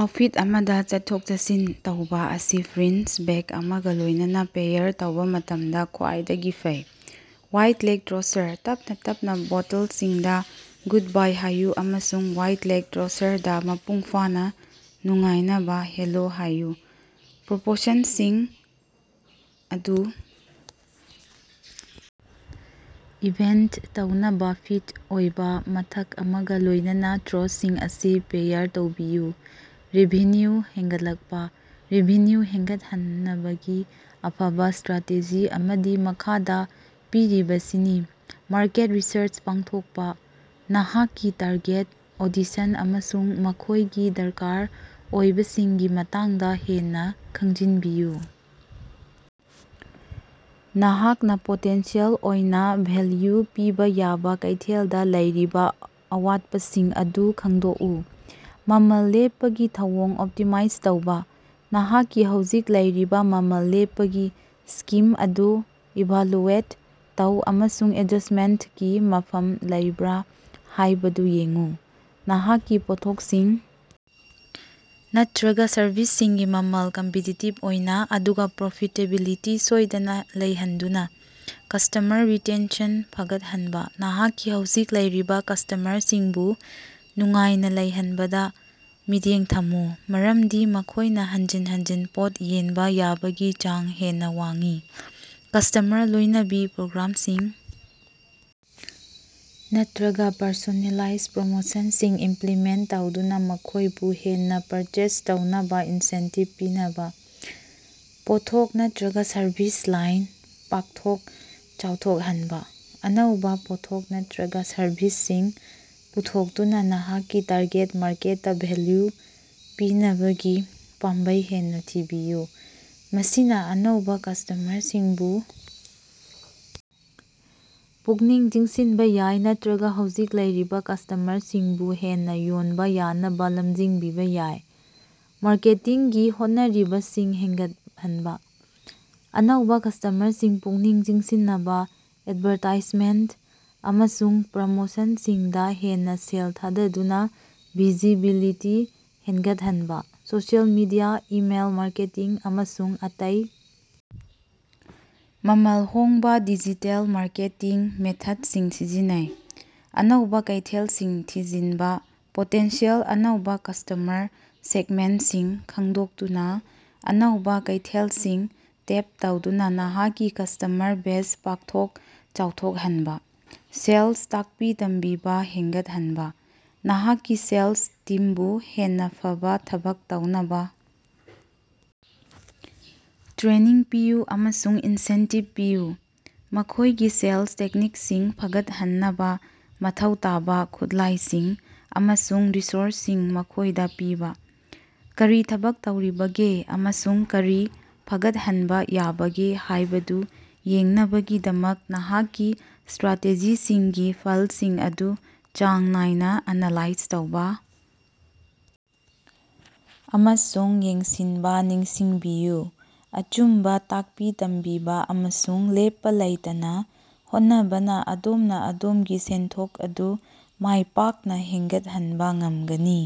Outfit ꯑꯃꯗ ꯆꯠꯊꯣꯛ-ꯆꯠꯁꯤꯟ ꯇꯧꯕ ꯑꯁꯤ ꯐ꯭ꯔꯤꯟꯖ ꯕꯦꯒ ꯑꯃꯒ ꯂꯣꯏꯅꯅ ꯄꯦꯌꯥꯔ ꯇꯧꯕ ꯃꯇꯝꯗ ꯈ꯭ꯋꯥꯏꯗꯒꯤ ꯐꯩ꯫ ꯋꯥꯏꯗ ꯂꯦꯒ ꯇ꯭ꯔꯣꯁꯔ: ꯇꯞꯅ ꯇꯞꯅ ꯕꯣꯇꯜꯁꯤꯡꯗ ꯒꯨꯗꯕꯥꯏ ꯍꯥꯏꯌꯨ ꯑꯃꯁꯨꯡ ꯋꯥꯏꯗ ꯂꯦꯒ ꯇ꯭ꯔꯣꯁꯔꯗ ꯃꯄꯨꯡ ꯐꯥꯅ ꯅꯨꯡꯉꯥꯏꯅꯕ ꯍꯦꯂꯣ ꯍꯥꯏꯌꯨ꯫ ꯄ꯭ꯔꯣꯄꯣꯔꯁꯟꯁꯤꯡ ꯑꯗꯨ ꯏꯚꯦꯟꯇ ꯇꯧꯅꯕ ꯐꯤꯠ ꯑꯣꯏꯕ ꯃꯊꯛ ꯑꯃꯒ ꯂꯣꯏꯅꯅ ꯇ꯭ꯔꯣꯁꯁꯤꯡ ꯑꯁꯤ ꯄꯦꯌꯥꯔ ꯇꯧꯕꯤꯌꯨ꯫ ꯔꯦꯚꯤꯟꯌꯨ ꯍꯦꯟꯒꯠꯂꯛꯄ꯫ ꯔꯦꯚꯤꯟꯌꯨ ꯍꯦꯟꯒꯠꯍꯟꯅꯕꯒꯤ ꯑꯐꯕ ꯁ꯭ꯇꯔꯥꯇꯦꯖꯤ ꯑꯃꯗꯤ ꯃꯈꯥꯗ ꯄꯤꯔꯤꯕꯁꯤꯅꯤ: ꯃꯥꯔꯀꯦꯠ ꯔꯤꯁꯔꯆ ꯄꯥꯡꯊꯣꯛꯄ: ꯅꯍꯥꯛꯀꯤ ꯇꯥꯔꯒꯦꯠ ꯑꯣꯗꯤꯁꯟ ꯑꯃꯁꯨꯡ ꯃꯈꯣꯏꯒꯤ ꯗꯔꯀꯥꯔ ꯑꯣꯏꯕꯁꯤꯡꯒꯤ ꯃꯇꯥꯡꯗ ꯍꯦꯟꯅ ꯈꯪꯖꯤꯟꯕꯤꯌꯨ꯫ ꯅꯍꯥꯛꯅ ꯄꯣꯇꯦꯟꯁꯤꯌꯦꯜ ꯑꯣꯏꯅ ꯚꯦꯜꯌꯨ ꯄꯤꯕ ꯌꯥꯕ ꯀꯩꯊꯦꯜꯗ ꯂꯩꯔꯤꯕ ꯑꯋꯥꯠꯄꯥꯁꯤꯡ ꯑꯗꯨ ꯈꯪꯗꯣꯛꯎ꯫ ꯃꯃꯜ ꯂꯦꯞꯄꯒꯤ ꯊꯧꯑꯣꯡ ꯑꯣꯞꯇꯤꯃꯥꯏꯖ ꯇꯧꯕꯥ: ꯅꯍꯥꯛꯀꯤ ꯍꯧꯖꯤꯛ ꯂꯩꯔꯤꯕ ꯃꯃꯜ ꯂꯦꯞꯄꯒꯤ ꯁ꯭ꯀꯤꯝ ꯑꯗꯨ ꯏꯚꯥꯜꯌꯨꯑꯦꯠ ꯇꯧ ꯑꯃꯁꯨꯡ ꯑꯦꯗꯖꯁ꯭ꯇꯃꯦꯟꯠꯀꯤ ꯃꯐꯝ ꯂꯩꯕ꯭ꯔꯥ ꯍꯥꯏꯕꯗꯨ ꯌꯦꯡꯎ꯫ ꯅꯍꯥꯛꯀꯤ ꯄꯣꯠꯊꯣꯛꯁꯤꯡ ꯅꯠꯇꯔꯒ ꯁꯔꯚꯤꯁꯁꯤꯡꯒꯤ ꯃꯃꯜ ꯀꯝꯄꯤꯇꯤꯇꯤꯕ ꯑꯣꯏꯅ, ꯑꯗꯨꯒ ꯄ꯭ꯔꯣꯐꯤꯇꯦꯕꯤꯂꯤꯇꯤ ꯁꯣꯏꯗꯅ ꯂꯩꯍꯟꯗꯨꯅ꯫ ꯀꯁ꯭ꯇꯃꯔ ꯔꯤꯇꯦꯟꯁꯟ ꯐꯒꯠꯍꯟꯕ: ꯅꯍꯥꯛꯀꯤ ꯍꯧꯖꯤꯛ ꯂꯩꯔꯤꯕ ꯀꯁ꯭ꯇꯃꯔꯁꯤꯡꯕꯨ ꯅꯨꯡꯉꯥꯏꯅ ꯂꯩꯍꯟꯕꯗ ꯃꯤꯠꯌꯦꯡ ꯊꯝꯃꯨ, ꯃꯔꯝꯗꯤ ꯃꯈꯣꯏꯅ ꯍꯟꯖꯤꯟ ꯍꯟꯖꯤꯟ ꯄꯣꯠ ꯌꯦꯟꯕ ꯌꯥꯕꯒꯤ ꯆꯥꯡ ꯍꯦꯟꯅ ꯋꯥꯡꯏ꯫ ꯀꯁ꯭ꯇꯃꯔ ꯂꯣꯏꯅꯕꯤ ꯄ꯭ꯔꯣꯒ꯭ꯔꯥꯝꯁꯤꯡ ꯅꯠꯇꯔꯒ ꯄꯔꯁꯣꯅꯦꯂꯥꯏꯖ ꯄ꯭ꯔꯣꯃꯣꯁꯟꯁꯤꯡ ꯏꯝꯄꯂꯤꯃꯦꯟꯠ ꯇꯧꯗꯨꯅ ꯃꯈꯣꯏꯕꯨ ꯍꯦꯟꯅ ꯄꯔꯆꯦꯖ ꯇꯧꯅꯕ ꯏꯟꯁꯦꯟꯇꯤꯕ ꯄꯤꯅꯕ꯫ ꯄꯣꯠꯊꯣꯛ ꯅꯠꯇꯔꯒ ꯁꯔꯚꯤꯁ ꯂꯥꯏꯟ ꯄꯥꯛꯊꯣꯛ ꯆꯥꯎꯊꯣꯛꯍꯟꯕ: ꯑꯅꯧꯕ ꯄꯣꯠꯊꯣꯛ ꯅꯠꯇꯔꯒ ꯁꯔꯚꯤꯁꯁꯤꯡ ꯄꯨꯊꯣꯛꯇꯨꯅ ꯅꯍꯥꯛꯀꯤ ꯇꯥꯔꯒꯦꯠ ꯃꯥꯔꯀꯦꯠꯇ ꯚꯦꯜꯌꯨ ꯄꯤꯅꯕꯒꯤ ꯄꯥꯝꯕꯩ ꯍꯦꯟꯅ ꯊꯤꯕꯤꯌꯨ꯫ ꯃꯁꯤꯅ ꯑꯅꯧꯕ ꯀꯁ꯭ꯇꯃꯔꯁꯤꯡꯕꯨ ꯄꯨꯛꯅꯤꯡ ꯆꯤꯡꯁꯤꯟꯕ ꯌꯥꯏ ꯅꯠꯇꯔꯒ ꯍꯧꯖꯤꯛ ꯂꯩꯔꯤꯕ ꯀꯁ꯭ꯇꯃꯔꯁꯤꯡꯕꯨ ꯍꯦꯟꯅ ꯌꯣꯟꯕ ꯌꯥꯅꯕ ꯂꯝꯖꯤꯡꯕꯤꯕ ꯌꯥꯏ꯫ ꯃꯥꯔꯀꯦꯇꯤꯡꯒꯤ ꯍꯣꯠꯅꯔꯤꯕꯁꯤꯡ ꯍꯦꯟꯒꯠꯍꯟꯕ: ꯑꯅꯧꯕ ꯀꯁ꯭ꯇꯃꯔꯁꯤꯡ ꯄꯨꯛꯅꯤꯡ ꯆꯤꯡꯁꯤꯟꯅꯕ ꯑꯦꯗꯚꯥꯔꯇꯥꯏꯖꯃꯦꯟꯠ ꯑꯃꯁꯨꯡ ꯄ꯭ꯔꯃꯣꯁꯟꯁꯤꯡꯗ ꯍꯦꯟꯅ ꯁꯦꯜ ꯊꯥꯗꯗꯨꯅ ꯚꯤꯖꯤꯕꯤꯂꯤꯇꯤ ꯍꯦꯟꯒꯠꯍꯟꯕ꯫ ꯁꯣꯁꯤꯑꯦꯜ ꯃꯤꯗꯤꯌꯥ, ꯏꯃꯦꯜ ꯃꯥꯔꯀꯦꯇꯤꯡ, ꯑꯃꯁꯨꯡ ꯑꯇꯩ ꯃꯃꯜ ꯍꯣꯡꯕ ꯗꯤꯖꯤꯇꯦꯜ ꯃꯥꯔꯀꯦꯇꯤꯡ ꯃꯦꯊꯠꯁꯤꯡ ꯁꯤꯖꯤꯟꯅꯩ꯫ ꯑꯅꯧꯕꯥ ꯀꯩꯊꯦꯜꯁꯤꯡ ꯊꯤꯖꯤꯟꯕ: ꯄꯣꯇꯦꯟꯁꯤꯌꯦꯜ ꯑꯅꯧꯕ ꯀꯁ꯭ꯇꯃꯔ ꯁꯦꯒꯃꯦꯟꯠꯁꯤꯡ ꯈꯪꯗꯣꯛꯇꯨꯅ ꯑꯅꯧꯕ ꯀꯩꯊꯦꯜꯁꯤꯡ ꯇꯦꯞ ꯇꯧꯗꯨꯅ ꯅꯍꯥꯛꯀꯤ ꯀꯁ꯭ꯇꯃꯔ ꯕꯦꯖ ꯄꯥꯛꯊꯣꯛ ꯆꯥꯎꯊꯣꯛꯍꯟꯕ꯫ ꯁꯦꯜꯁ ꯇꯥꯛꯄꯤ-ꯇꯝꯕꯤꯕ ꯍꯦꯟꯒꯠꯍꯟꯕ: ꯅꯍꯥꯛꯀꯤ ꯁꯦꯜꯁ ꯇꯤꯝꯕꯨ ꯍꯦꯟꯅ ꯐꯕ ꯊꯕꯛ ꯇꯧꯅꯕ ꯇ꯭ꯔꯦꯅꯤꯡ ꯄꯤꯌꯨ ꯑꯃꯁꯨꯡ ꯏꯟꯁꯦꯟꯇꯤꯕ ꯄꯤꯌꯨ꯫ ꯃꯈꯣꯏꯒꯤ ꯁꯦꯜꯁ ꯇꯦꯛꯅꯤꯛꯁꯤꯡ ꯐꯒꯠꯍꯟꯅꯕ ꯃꯊꯧ ꯇꯥꯕ ꯈꯨꯠꯂꯥꯏꯁꯤꯡ ꯑꯃꯁꯨꯡ ꯔꯤꯁꯣꯔꯁꯁꯤꯡ ꯃꯈꯣꯏꯗ ꯄꯤꯕ꯫ ꯀꯔꯤ ꯊꯕꯛ ꯇꯧꯔꯤꯕꯒꯦ ꯑꯃꯁꯨꯡ ꯀꯔꯤ ꯐꯒꯠꯍꯟꯕ ꯌꯥꯕꯒꯦ ꯍꯥꯏꯕꯗꯨ ꯌꯦꯡꯅꯕꯒꯤꯗꯃꯛ ꯅꯍꯥꯛꯀꯤ ꯁ꯭ꯇꯔꯥꯇꯦꯖꯤꯁꯤꯡꯒꯤ ꯐꯜꯁꯤꯡ ꯑꯗꯨ ꯆꯥꯡ ꯅꯥꯏꯅ ꯑꯦꯅꯥꯂꯥꯏꯖ ꯇꯧꯕ ꯑꯃꯁꯨꯡ ꯌꯦꯡꯁꯤꯟꯕ ꯅꯤꯡꯁꯤꯡꯕꯤꯌꯨ꯫ ꯑꯆꯨꯝꯕ ꯇꯥꯛꯄꯤ ꯇꯝꯕꯤꯕ ꯑꯃꯁꯨꯡ ꯂꯦꯞꯄ ꯂꯩꯇꯅ ꯍꯣꯠꯅꯕꯅ ꯑꯗꯣꯝꯅ ꯑꯗꯣꯝꯒꯤ ꯁꯦꯟꯊꯣꯛ ꯑꯗꯨ ꯃꯥꯏ ꯄꯥꯛꯅ ꯍꯦꯟꯒꯠꯍꯟꯕꯥ ꯉꯝꯒꯅꯤ꯫